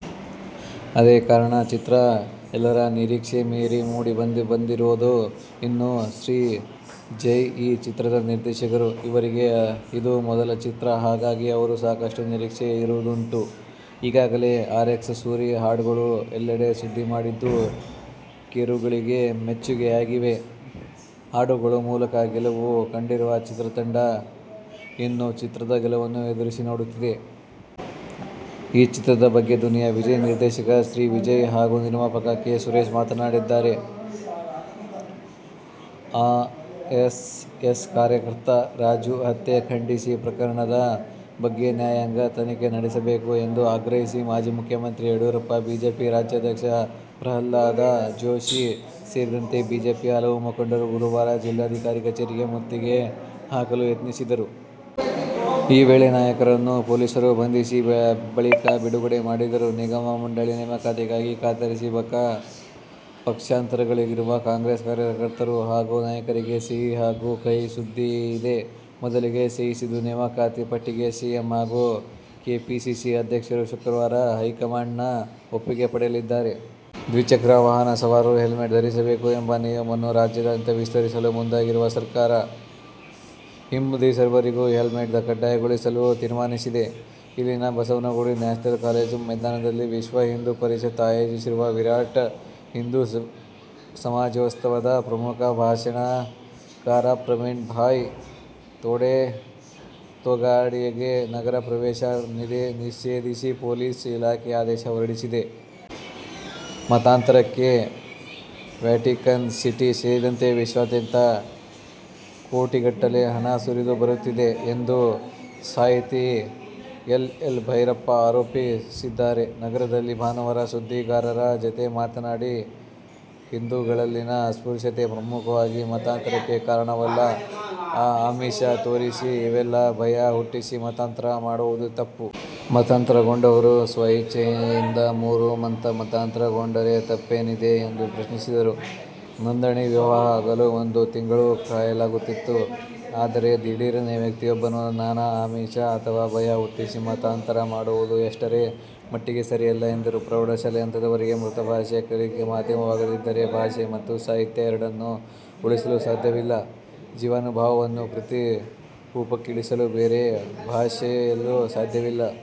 ಅದಕ್ಕೆ ಕಾರಣ, ಚಿತ್ರ ಎಲ್ಲರ ನಿರೀಕ್ಷೆ ಮೀರಿ ಮೂಡಿ ಬಂದಿರೋದು. ಇನ್ನು, ಶ್ರೀಜಯ್ ಈ ಚಿತ್ರದ ನಿರ್ದೇಶಕರು. ಇವರಿಗೆ ಇದು ಮೊದಲ ಚಿತ್ರ. ಹಾಗಾಗಿ ಅವರಿಗೂ ಸಾಕಷ್ಟು ನಿರೀಕ್ಷೆ ಇರುವುದುಂಟು. ಈಗಾಗಲೇ "ಆರ್ಎಕ್ಸ್ ಸೂರಿ' ಹಾಡುಗಳು ಎಲ್ಲೆಡೆ ಸದ್ದು ಮಾಡಿದ್ದು, ಕೇಳುಗರಿಗೆ ಮೆಚ್ಚುಗೆಯಾಗಿವೆ. ಹಾಡುಗಳ ಮೂಲಕ ಗೆಲುವು ಕಂಡಿರುವ ಚಿತ್ರತಂಡ, ಇನ್ನು, ಚಿತ್ರದ ಗೆಲುವನ್ನು ಎದುರು ನೋಡುತ್ತಿದೆ. ಈ ಚಿತ್ರದ ಬಗ್ಗೆ ದುನಿಯಾ ವಿಜಯ್, ನಿರ್ದೇಶಕ ಶ್ರೀಜಯ್ ಹಾಗು ನಿರ್ಮಾಪಕ ಕೆ. ಸುರೇಶ್ ಮಾತಾಡಿದ್ದಾರೆ. ಆರ್ಎಸ್ಎಸ್ ಕಾರ್ಯಕರ್ತ ರಾಜು ಹತ್ಯೆ ಖಂಡಿಸಿ, ಪ್ರಕರಣದ ಬಗ್ಗೆ ನ್ಯಾಯಾಂಗ ತನಿಖೆ ನಡೆಸಬೇಕು ಎಂದು ಆಗ್ರಹಿಸಿ ಮಾಜಿ ಮುಖ್ಯಮಂತ್ರಿ ಯಡಿಯೂರಪ್ಪ, ಬಿಜೆಪಿ ರಾಜ್ಯಾಧ್ಯಕ್ಷ ಪ್ರಹ್ಲಾದ ಜೋಶಿ ಸೇರಿದಂತೆ ಬಿಜೆಪಿಯ ಹಲವು ಮುಖಂಡರು ಗುರುವಾರ ಜಿಲ್ಲಾಧಿಕಾರಿ ಕಚೇರಿಗೆ ಮುತ್ತಿಗೆ ಹಾಕಲು ಯತ್ನಿಸಿದರು. ಈ ವೇಳೆ ನಾಯಕರನ್ನು ಪೊಲೀಸರು ಬಂಧಿಸಿ, ಬಳಿಕ ಬಿಡುಗಡೆ ಮಾಡಿದರು. ನಿಗಮ-ಮಂಡಳಿ ನೇಮಕಾತಿ ಗಾಗಿ ಕಾತರಿಸಿ ಬಕ ಪಕ್ಷಿಗಳಂತಾಗಿರುವ ಕಾಂಗ್ರೆಸ್ ಕಾರ್ಯಕರ್ತರು ಹಾಗೂ ನಾಯಕರಿಗೆ ಸಿಹಿ ಹಾಗೂ ಕಹಿ ಸುದ್ದಿಯಿದೆ. ಮೊದಲಿಗೆ ಸಿಹಿ ಸುದ್ದಿ- ನೇಮಕಾತಿ ಪಟ್ಟಿಗೆ ಸಿಎಂ ಹಾಗೂ ಕೆಪಿಸಿಸಿ ಅಧ್ಯಕ್ಷರು ಶುಕ್ರವಾರ ಹೈಕಮಾಂಡ್ನ ಒಪ್ಪಿಗೆ ಪಡೆಯಲಿದ್ದಾರೆ. ದ್ವಿಚಕ್ರ ವಾಹನ ಸವಾರರು ಹೆಲ್ಮೆಟ್ ಧರಿಸಬೇಕು ಎಂಬ ನಿಯಮವನ್ನು ರಾಜ್ಯಾದ್ಯಂತ ವಿಸ್ತರಿಸಲು ಮುಂದಾಗಿರುವ ಸರ್ಕಾರ, ಹಿಂಬದಿ ಸವಾರರಿಗೂ ಹೆಲ್ಮೆಟ್ ಕಡ್ಡಾಯಗೊಳಿಸಲು ತೀರ್ಮಾನಿಸಿದೆ. ಇಲ್ಲಿನ ಬಸವನಗುಡಿ ನ್ಯಾಷನಲ್ ಕಾಲೇಜು ಮೈದಾನದಲ್ಲಿ ವಿಶ್ವ ಹಿಂದೂ ಪರಿಷತ್ ಆಯೋಜಿಸಿರುವ "ವಿರಾಟ್ ಹಿಂದೂ ಸಮಾಜೋತ್ಸವ'ದ ಪ್ರಮುಖ ಭಾಷಣಕಾರ ಪ್ರವೀಣ್ ಭಾಯ್ ತೊಗಾಡಿಯಾಗೆ ನಗರ ಪ್ರವೇಶ ನಿಷೇಧಿಸಿ ಪೊಲೀಸ್ ಇಲಾಖೆ ಆದೇಶ ಹೊರಡಿಸಿದೆ. ಮತಾಂತರಕ್ಕೆ ವ್ಯಾಟಿಕನ್ ಸಿಟಿ ಸೇರಿದಂತೆ ವಿಶ್ವಾದ್ಯಂತ ಕೋಟಿಗಟ್ಟಲೆ ಹಣ ಹರಿದು ಬರುತ್ತಿದೆ ಎಂದು ಸಾಹಿತಿ ಎಸ್. ಎಲ್. ಭೈರಪ್ಪ ಆರೋಪಿಸಿದ್ದಾರೆ. ನಗರದಲ್ಲಿ ಭಾನುವಾರ ಸುದ್ದಿಗಾರರ ಜತೆ ಮಾತನಾಡಿ, ಹಿಂದೂಗಳಲ್ಲಿನ ಅಸ್ಪೃಶ್ಯತೆ ಪ್ರಮುಖವಾಗಿ ಮತಾಂತರಕ್ಕೆ ಕಾರಣವಲ್ಲ. ಆಸೆ ಆಮಿಷ ತೋರಿಸಿ, ಇಲ್ಲವೇ ಭಯ ಹುಟ್ಟಿಸಿ ಮತಾಂತರ ಮಾಡುವುದು ತಪ್ಪು. ಮತಾಂತರಗೊಂಡವರು ಸ್ವಇಚ್ಚೆಯಿಂದ ಮರು ಮತಾಂತರಗೊಂಡರೆ ತಪ್ಪೇನಿದೆ ಎಂದು ಪ್ರಶ್ನಿಸಿದರು. ನೋಂದಣಿ ವಿವಾಹ ಆಗಲು ಒಂದು ತಿಂಗಳು ಕಾಯಲಾಗುತ್ತದೆ. ಆದರೆ, ದಿಢೀರನೇ ವ್ಯಕ್ತಿಯೊಬ್ಬನನ್ನು ನಾನಾ ಆಮಿಷ ಅಥವಾ ಭಯ ಹುಟ್ಟಿಸಿ ಮತಾಂತರ ಮಾಡುವುದು ಎಷ್ಟರ ಮಟ್ಟಿಗೆ ಸರಿಯಲ್ಲ ಎಂದರು. ಪ್ರೌಢಶಾಲೆ ಹಂತದವರೆಗೆ ಮಾತೃಭಾಷೆ ಕಲಿಕೆ ಮಾಧ್ಯಮವಾಗದಿದ್ದರೆ ಭಾಷೆ ಮತ್ತು ಸಾಹಿತ್ಯ ಎರಡನ್ನು ಉಳಿಸಲು ಸಾಧ್ಯವಿಲ್ಲ, ಜೀವನಾನುಭವವನ್ನು ಕೃತಿ ರೂಪಕ್ಕಿಳಿಸಲು ಬೇರೆ ಭಾಷೆಯಲ್ಲೂ ಸಾಧ್ಯವಿಲ್ಲ.